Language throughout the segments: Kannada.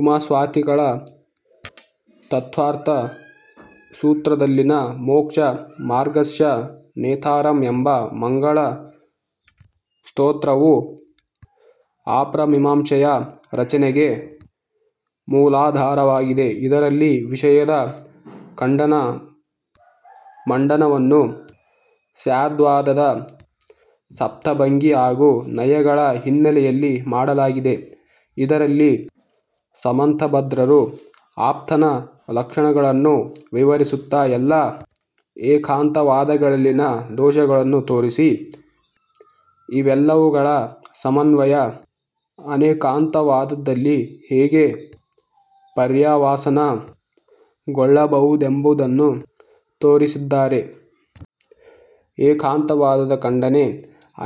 ಉಮಾಸ್ವಾತಿಗಳ ತತ್ತ್ವಾರ್ಥ ಸೂತ್ರದಲ್ಲಿನ ಮೋಕ್ಷ ಮಾರ್ಗಸ್ಯ ನೇತಾರಂ ಎಂಬ ಮಂಗಳ ಸ್ತ್ರೋತ್ರವು ಆಪ್ರಮೀಮಾಂಸೆಯ ರಚನೆಗೆ ಮೂಲಾಧಾರವಾಗಿದೆ. ಇದರಲ್ಲಿ ವಿಷಯದ ಖಂಡನ ಮಂಡನವನ್ನು ಸ್ಯಾದ್ವಾದದ ಸಪ್ತಭಂಗಿ ಹಾಗೂ ನಯಗಳ ಹಿನ್ನೆಲೆಯಲ್ಲಿ ಮಾಡಲಾಗಿದೆ. ಇದರಲ್ಲಿ ಸಮಂತಭದ್ರರು ಆಪ್ತನ ಲಕ್ಷಣಗಳನ್ನು ವಿವರಿಸುತ್ತಾ ಎಲ್ಲಾ ಏಕಾಂತವಾದಗಳಲ್ಲಿನ ದೋಷಗಳನ್ನು ತೋರಿಸಿ ಇವೆಲ್ಲವುಗಳ ಸಮನ್ವಯ ಅನೇಕಾಂತವಾದದಲ್ಲಿ ಹೇಗೆ ಪರ್ಯಾವಸಾನ ಗೊಳ್ಳಬಲ್ಲದೆಂಬುದನ್ನು ತೋರಿಸಿದ್ದಾರೆ. ಏಕಾಂತವಾದದ ಖಂಡನೆ,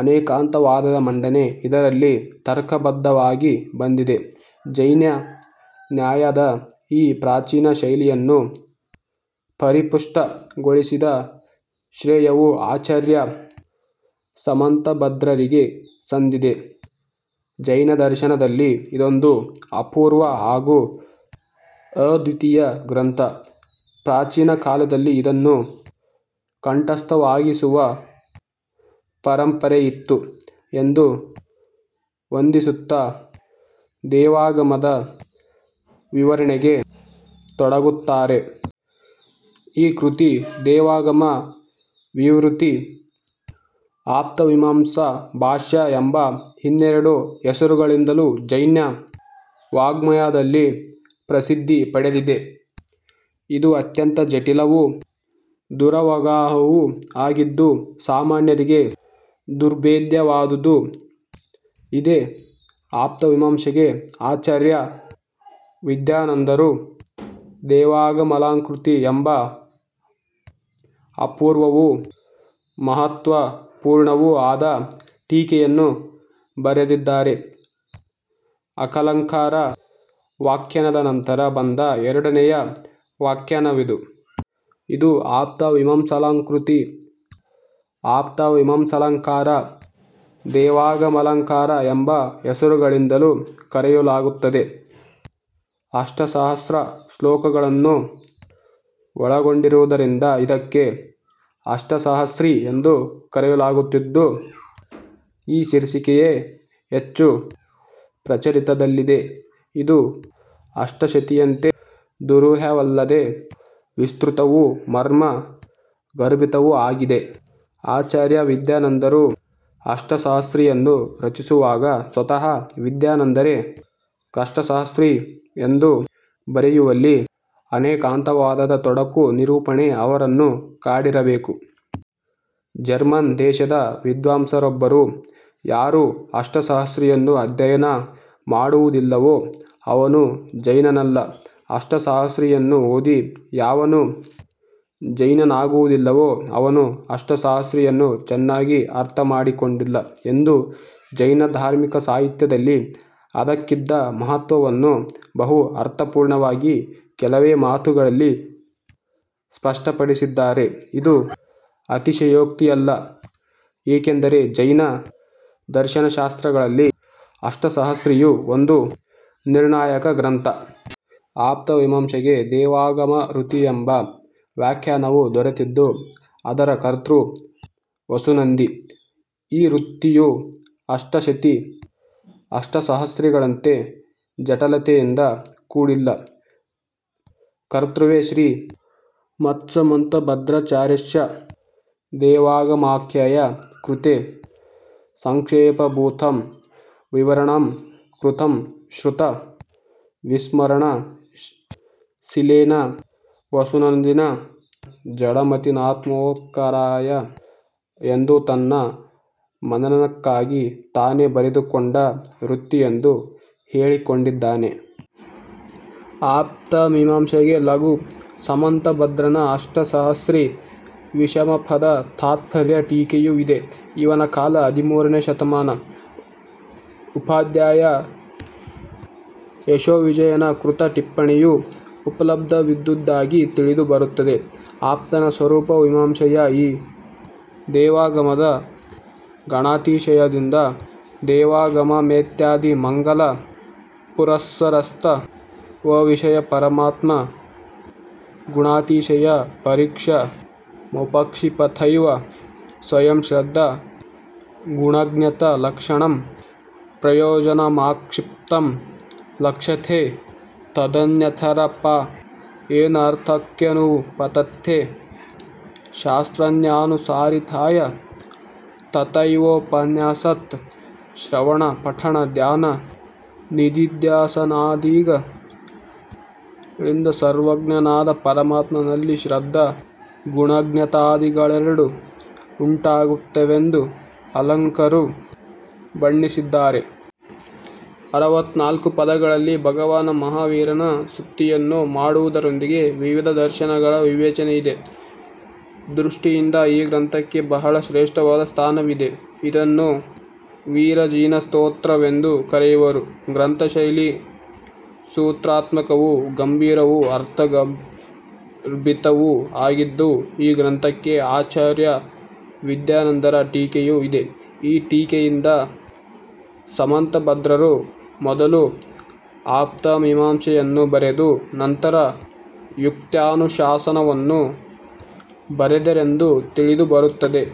ಅನೇಕಾಂತವಾದದ ಮಂಡನೆ ಇದರಲ್ಲಿ ತರ್ಕಬದ್ಧವಾಗಿ ಬಂದಿದೆ. ಜೈನ ನ್ಯಾಯದ ಈ ಪ್ರಾಚೀನ ಶೈಲಿಯನ್ನು ಪರಿಪುಷ್ಠ ಗೊಳಿಸಿದ ಶ್ರೇಯವು ಆಚಾರ್ಯ ಸಮಂತಭದ್ರರಿಗೆ ಸಂದಿದೆ. ಜೈನದರ್ಶನದಲ್ಲಿ ಇದೊಂದು ಅಪೂರ್ವ ಹಾಗೂ ಅದ್ವಿತೀಯ ಗ್ರಂಥ. ಪ್ರಾಚೀನ ಕಾಲದಲ್ಲಿ ಇದನ್ನು ಕಂಠಸ್ಥವಾಗಿಸುವ ಪರಂಪರೆಯಿತ್ತು. ಎಂದು ವಂದಿಸುತ್ತಾ ದೇವಾಗಮದ ವಿವರಣೆಗೆ ತೊಡಗುತ್ತಾರೆ. ಈ ಕೃತಿ ದೇವಾಗಮ ವಿವೃತಿ ಆಪ್ತಮೀಮಾಂಸ ಭಾಷ್ಯ ಎಂಬ ಇನ್ನೆರಡು ಹೆಸರುಗಳಿಂದಲೂ ಜೈನ ವಾಙ್ಮಯದಲ್ಲಿ ಪ್ರಸಿದ್ಧಿ ಪಡೆದಿದೆ. ಇದು ಅತ್ಯಂತ ಜಟಿಲವೂ ದುರವಗಾಹವೂ ಆಗಿದ್ದು ಸಾಮಾನ್ಯರಿಗೆ ದುರ್ಭೇಧ್ಯವಾದುದು. ಇದೇ ಆಪ್ತಮಿಮಾಂಸೆಗೆ ಆಚಾರ್ಯ ವಿದ್ಯಾನಂದರು ದೇವಾಗಮಾಲಂಕೃತಿ ಎಂಬ ಅಪೂರ್ವವೂ ಮಹತ್ತ್ವಪೂರ್ಣವೂ ಆದ ಟೀಕೆಯನ್ನು ಬರೆದಿದ್ದಾರೆ. ಅಕಲಂಕರ ವ್ಯಾಖ್ಯಾನದ ನಂತರ ಬಂದ ಎರಡನೆಯ ವ್ಯಾಖ್ಯಾನವಿದು. ಇದು ಆಪ್ತಮಿಮಾಂಸಾಲಂಕೃತಿ ಆಪ್ತಮಿಮಾಂಸಾಲಂಕಾರ ದೇವಾಗಮಾಲಂಕಾರ ಎಂಬ ಹೆಸರುಗಳಿಂದಲೂ ಕರೆಯಲಾಗುತ್ತದೆ. ಅಷ್ಟಸಹಸ್ರ ಶ್ಲೋಕಗಳನ್ನು ಒಳಗೊಂಡಿರುವುದರಿಂದ ಇದಕ್ಕೆ ಅಷ್ಟಸಹಸ್ರಿ ಎಂದೂ ಕರೆಯಲಾಗುತ್ತಿದ್ದು, ಈ ಶೀರ್ಷಿಕೆಯೇ ಹೆಚ್ಚು ಪ್ರಚಲಿತದಲ್ಲಿದೆ. ಇದು ಅಷ್ಟಶತಿಯಂತೆ ದುರೂಹ್ಯವಲ್ಲದೆ ವಿಸ್ತೃತವೂ ಮರ್ಮ ಗರ್ಭಿತವೂ ಆಗಿದೆ. ಆಚಾರ್ಯ ವಿದ್ಯಾನಂದರು ಅಷ್ಟಸಹಸ್ರೀಯನ್ನು ರಚಿಸುವಾಗ ಸ್ವತಃ ವಿದ್ಯಾನಂದರೆ 'ಕಷ್ಟಸಹಸ್ರಿ ಎಂದು ಬರೆಯುವಲ್ಲಿ ಅನೇಕಾಂತವಾದದ ತೊಡಕು- ನಿರೂಪಣೆ ಅವರನ್ನು ಕಾಡಿರಬೇಕು. ಜರ್ಮನ್ ದೇಶದ ವಿದ್ವಾಂಸರೊಬ್ಬರು ಯಾರು ಅಷ್ಟಸಹಸ್ರಿಯನ್ನು ಅಧ್ಯಯನ ಮಾಡಿರುವುದಿಲ್ಲವೋ ಅವನು ಜೈನನಲ್ಲ. ಅಷ್ಟಸಹಸ್ರಿಯನ್ನು ಓದಿ ಯಾವನು ಜೈನನಾಗುವುದಿಲ್ಲವೋ ಅವನು ಅಷ್ಟಸಹಸ್ರಿಯನ್ನು ಚೆನ್ನಾಗಿ ಅರ್ಥಮಾಡಿಕೊಂಡಿಲ್ಲ ಎಂದು ಜೈನ ಧಾರ್ಮಿಕ ಸಾಹಿತ್ಯದಲ್ಲಿ ಅದಕ್ಕಿದ್ದ ಮಹತ್ವವನ್ನು ಬಹು ಅರ್ಥಪೂರ್ಣವಾಗಿ ಕೆಲವೇ ಮಾತುಗಳಲ್ಲಿ ಸ್ಪಷ್ಟಪಡಿಸಿದ್ದಾರೆ. ಇದು ಅತಿಶಯೋಕ್ತಿಯಲ್ಲ. ಏಕೆಂದರೆ ಜೈನ ದರ್ಶನಶಾಸ್ತ್ರಗಳಲ್ಲಿ ಅಷ್ಟಸಹಸ್ರಿಯು ಒಂದು ನಿರ್ಣಾಯಕ ಗ್ರಂಥ. ಆಪ್ತಮಿಮಾಂಸೆಗೆ ದೇವಾಗಮವೃತ್ತಿಯೆಂಬ ವ್ಯಾಖ್ಯಾನವೂ ದೊರೆತಿದ್ದು ಅದರ ಕರ್ತೃ ವಸುನಂದಿ. ಈ ವೃತ್ತಿಯು ಅಷ್ಟಶತಿ ಅಷ್ಟಸಹಸ್ರಿಗಳಂತೆ ಜಟಲತೆಯಿಂದ ಕೂಡಿಲ್ಲ. ಕರ್ತೃವೇ ಶ್ರೀ ಮತ್ಸಮನ್ತಭದ್ರಾಚಾರ್ಯಸ್ಯ ದೇವಾಗಮಾಖ್ಯಾಯಾಃ ಕೃತೇ ಸಂಕ್ಷೇಪಭೂತಂ ವಿವರಣಂ ಕೃತಂ ಶ್ರುತ ವಿಸ್ಮರಣ ಶೀಲೇನ ವಸುನನ್ದಿನಾ ಜಡಮತಿನಾತ್ಮೋಪಕಾರಾಯ ಎಂದು ತನ್ನ ಮನನಕ್ಕಾಗಿ ತಾನೇ ಬರೆದುಕೊಂಡ ವೃತ್ತಿಯೆಂದು ಹೇಳಿಕೊಂಡಿದ್ದಾನೆ. ಆಪ್ತಮಿಮಾಂಸೆಗೆ ಲಘು ಸಮಂತಭದ್ರನ ಅಷ್ಟ ಸಹಸ್ರೀ ವಿಷಮಪದ ತಾತ್ಪರ್ಯ ಟೀಕೆಯೂ ಇದೆ. ಇವನ ಕಾಲ ಹದಿಮೂರನೇ ಶತಮಾನ. ಉಪಾಧ್ಯಾಯ ಯಶೋವಿಜಯ ಕೃತ ಟಿಪ್ಪಣಿಯೂ ಉಪಲಬ್ಧವಿದ್ದುದಾಗಿ ತಿಳಿದು ಬರುತ್ತದೆ. ಆಪ್ತನ ಸ್ವರೂಪ ಮಿಮಾಂಸೆಯ ಈ ದೇವಾಗಮದ ಗುಣಾತಿಶಯದಿಂದ ದೇವಾಗಮಮೇತ್ಯಾದಿ ಮಂಗಲ ಪುರಸ್ಸರಸ್ತವವಿಷಯಪರಮಾತ್ಮ ಗುಣಾತಿಶಯ ಪರೀಕ್ಷಾ ಮುಪಕ್ಷಿಪತೈವ ಸ್ವಯಂ ಶ್ರದ್ಧಾ ಗುಣಜ್ಞತಾ ಲಕ್ಷಣಂ ಪ್ರಯೋಜನಮಾಕ್ಷಿಪ್ತಂ ಲಕ್ಷ್ಯತೇ; ತದನ್ಯತರಾಪಾಯೇನರ್ಥಕ್ಯಾನುಪಪತ್ತೇಃ ಶಾಸ್ತ್ರನ್ಯಾಯಾನುಸಾರಿತಯಾ ತಥೈವೋಪನ್ಯಾಸಾತ್ - ಶ್ರವಣ-ಪಠಣ-ಧ್ಯಾನ-ನಿದಿಧ್ಯಾಸನಾದಿಗಳಿಂದ ಸರ್ವಜ್ಞನಾದ ಪರಮಾತ್ಮನಲ್ಲಿ ಶ್ರದ್ಧಾ ಗುಣಜ್ಞತಾದಿಗಳೆರಡೂ ಉಂಟಾಗುತ್ತವೆಂದು ಅಕಲಂಕರು ಬಣ್ಣಿಸಿದ್ದಾರೆ. ಅರವತ್ನಾಲ್ಕು ಪದ್ಯಗಳಲ್ಲಿ ಭಗವಾನ ಮಹಾವೀರನ ಸ್ತುತಿಯನ್ನು ಮಾಡುವುದರೊಂದಿಗೆ ವಿವಿಧ ದರ್ಶನಗಳ ವಿವೇಚನೆಯಿದೆ. ದೃಷ್ಟಿಯಿಂದ ಈ ಗ್ರಂಥಕ್ಕೆ ಬಹಳ ಶ್ರೇಷ್ಠವಾದ ಸ್ಥಾನವಿದೆ. ಇದನ್ನು 'ವೀರಜಿನಸ್ತೋತ್ರವೆಂದೂ ಕರೆಯುವರು. ಗ್ರಂಥ ಶೈಲಿ ಸೂತ್ರಾತ್ಮಕವೂ, ಗಂಭೀರವೂ, ಅರ್ಥಗರ್ಭಿತವೂ ಆಗಿದ್ದು ಈ ಗ್ರಂಥಕ್ಕೆ ಅಚಾರ್ಯ ವಿದ್ಯಾನಂದರ ಟೀಕೆಯೂ ಇದೆ. ಈ ಟೀಕೆಯಿಂದ ಸಮಂತಭದ್ರರು ಮೊದಲು ಆಪ್ತಮಿಮಾಂಸೆಯನ್ನು ಬರೆದು, ನಂತರ ಯುಕ್ತ್ಯನುಶಾಸನವನ್ನು ಬರೆದರೆಂದು ತಿಳಿದು ಬರುತ್ತದೆ.